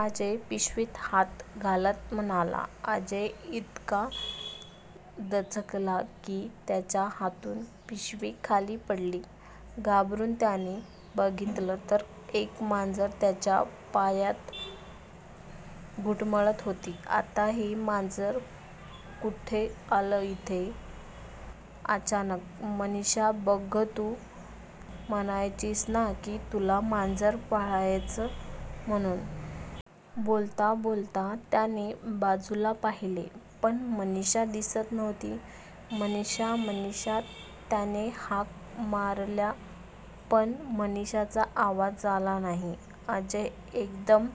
अजय पिशवीत हात घालत म्हणाला. अजय इतका दचकला की त्याच्या हातून पिशवी खाली पडली. घाबरून त्याने बघितलं तर एक मांजर त्याच्या पायात घुटमळत होतं. आता हे मांजर कुठे आलं इथे अचानक. मनीषा बघ ग, तू म्हणायचीस ना की तुला मांजर पाळायचय म्हणून? बोलता बोलता त्याने बाजूला पाहिले पण मनीषा दिसत नव्हती. "मनीषा, मनीषा" त्याने हाका मारल्या पण मनीषाचा आवाज आला नाही. अजय एकदम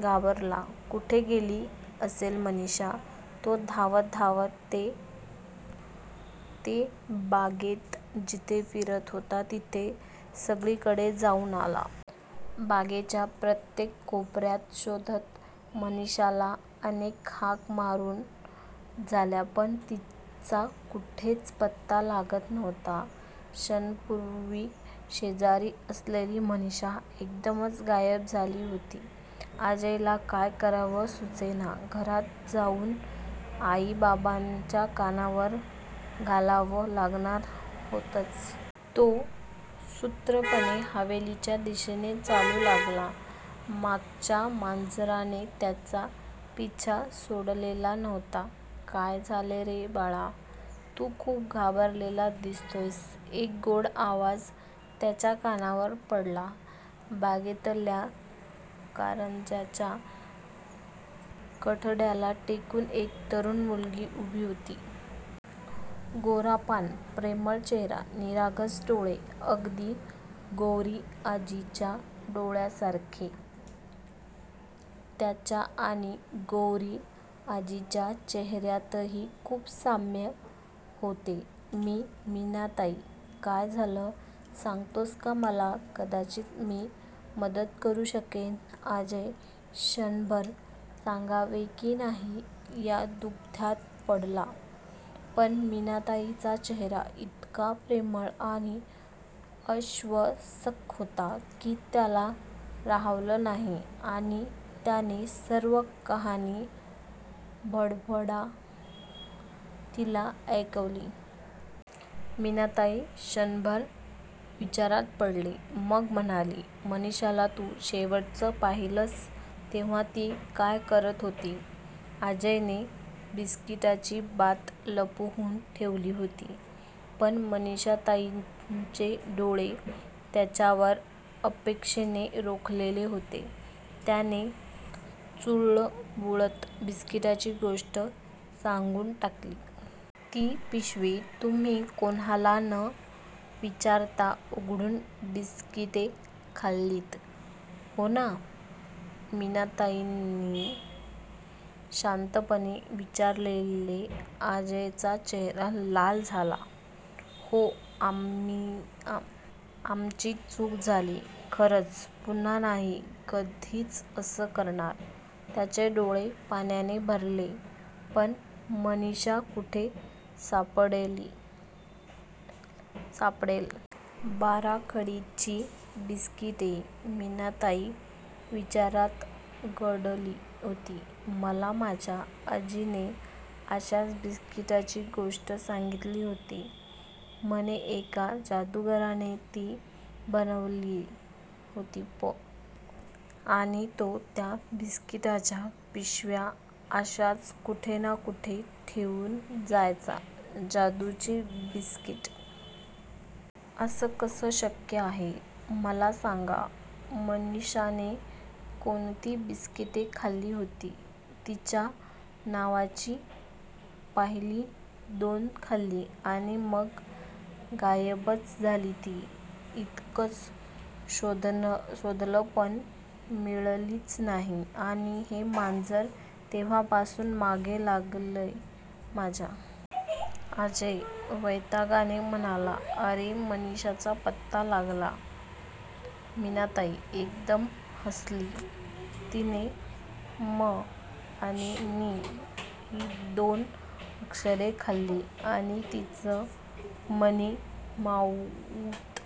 घाबरला. कुठे गेली असेल मनीषा. तो धावत धावत ते बागेत जिथे फिरत होते तिथे सगळीकडे जाऊन आला. बागेच्या प्रत्येक कोपर्यात शोधलं, मनीषाला अनेक हाका मारून झाल्या पण तिचा कुठेच पत्ता लागत नव्हता. क्षणापूर्वी शेजारी असलेली मनीषा एकदम गायब झाली होती. अजयला काय करावं सुचेना. घरात जाऊन आई बाबांच्या कानावर घालावं लागणार होतंच. तो सुन्नपणे हवेलीच्या दिशेने चालू लागला. मगाचच्या मांजराने त्याचा पिच्छा सोडलेला नव्हता. "काय झालं रे बाळ? तू खूप घाबरलेला दिसतोस" एक गोड आवाज त्याच्या कानावर पडला. बागेतल्या कारंज्याच्या कठड्याला टेकून एक तरूण मुलगी उभी होती. गोरापान, प्रेमळ चेहरा. निळसर डोळे. अगदी गौरीआजीच्या डोळ्यांसारखे. तिच्या आणि गौरीआजीच्या चेहर्यातही खूप साम्य होतं. "मी मीनाताई. काय झालं सांगतोस का मला? कदाचित मी मदत करू शकेन." अजय क्षणभर सांगावे की नाही या दुग्ध्यात पडला पण मीनाताईचा चेहरा इतका प्रेमळ आणि आश्वासक होता की त्याला राहावलं नाही आणि त्याने सर्व कहाणी भडाभडा तिला ऐकवली. मीनाताई क्षणभर विचारात पडली मग म्हणाली. "मनीषाला तू शेवटचं पाहिलस तेव्हा ती काय करत होती? " अजयने बिस्किटांची बात लपवून ठेवली होती पण मीनाताईचे डोळे त्याच्यावर अपेक्षेने रोखलेले होते. त्याने चुळबुळत बिस्किटांची गोष्ट सांगून टाकली. "ती पिशवी तुम्ही कोणाला न विचारता उघडून बिस्किटे खाल्लीत, हो ना? " मीनाताईने शांतपणे विचारले. अजयचा चेहरा लाल झाला " हो आमची चूक झाली खरंच. पुन्हा नाही कधीच असं करणार' त्याचे डोळे पाण्याने भरले ' पण मनीषा कुठे सापडेल? " बाराखडीची बिस्किटे मीनाताई विचारात गढली होती मला माझ्या आजीने अशाच बिस्किटांची गोष्ट सांगितली होती. म्हणे एका जादूगाराने ती बनवली होती आणि तो त्या बिस्किटांच्या पिशव्या अशाच कुठे ना कुठे ठेवून जायचा "जादूची बिस्किटं? असं कसं शक्य आहे? " "मला सांग मनीषाने कोणती बिस्किटे खाल्ली होती? " "तिच्या नावाची. पहिली दोन खाल्ली आणि मग गायबच झाली ती. इतकं शोधलं पण मिळालीच नाही. आणि हे मांजर तेव्हापासून मागे लागलय माझ्या.! " अजय वैतागाने म्हणाला. "अरे मनीषाचा पत्ता लागला! "मीनाताई एकदम हसली "तिने 'म' आणि 'नी' ही दोन अक्षरे खाल्ली आणि तिचं मनी मनीमाऊत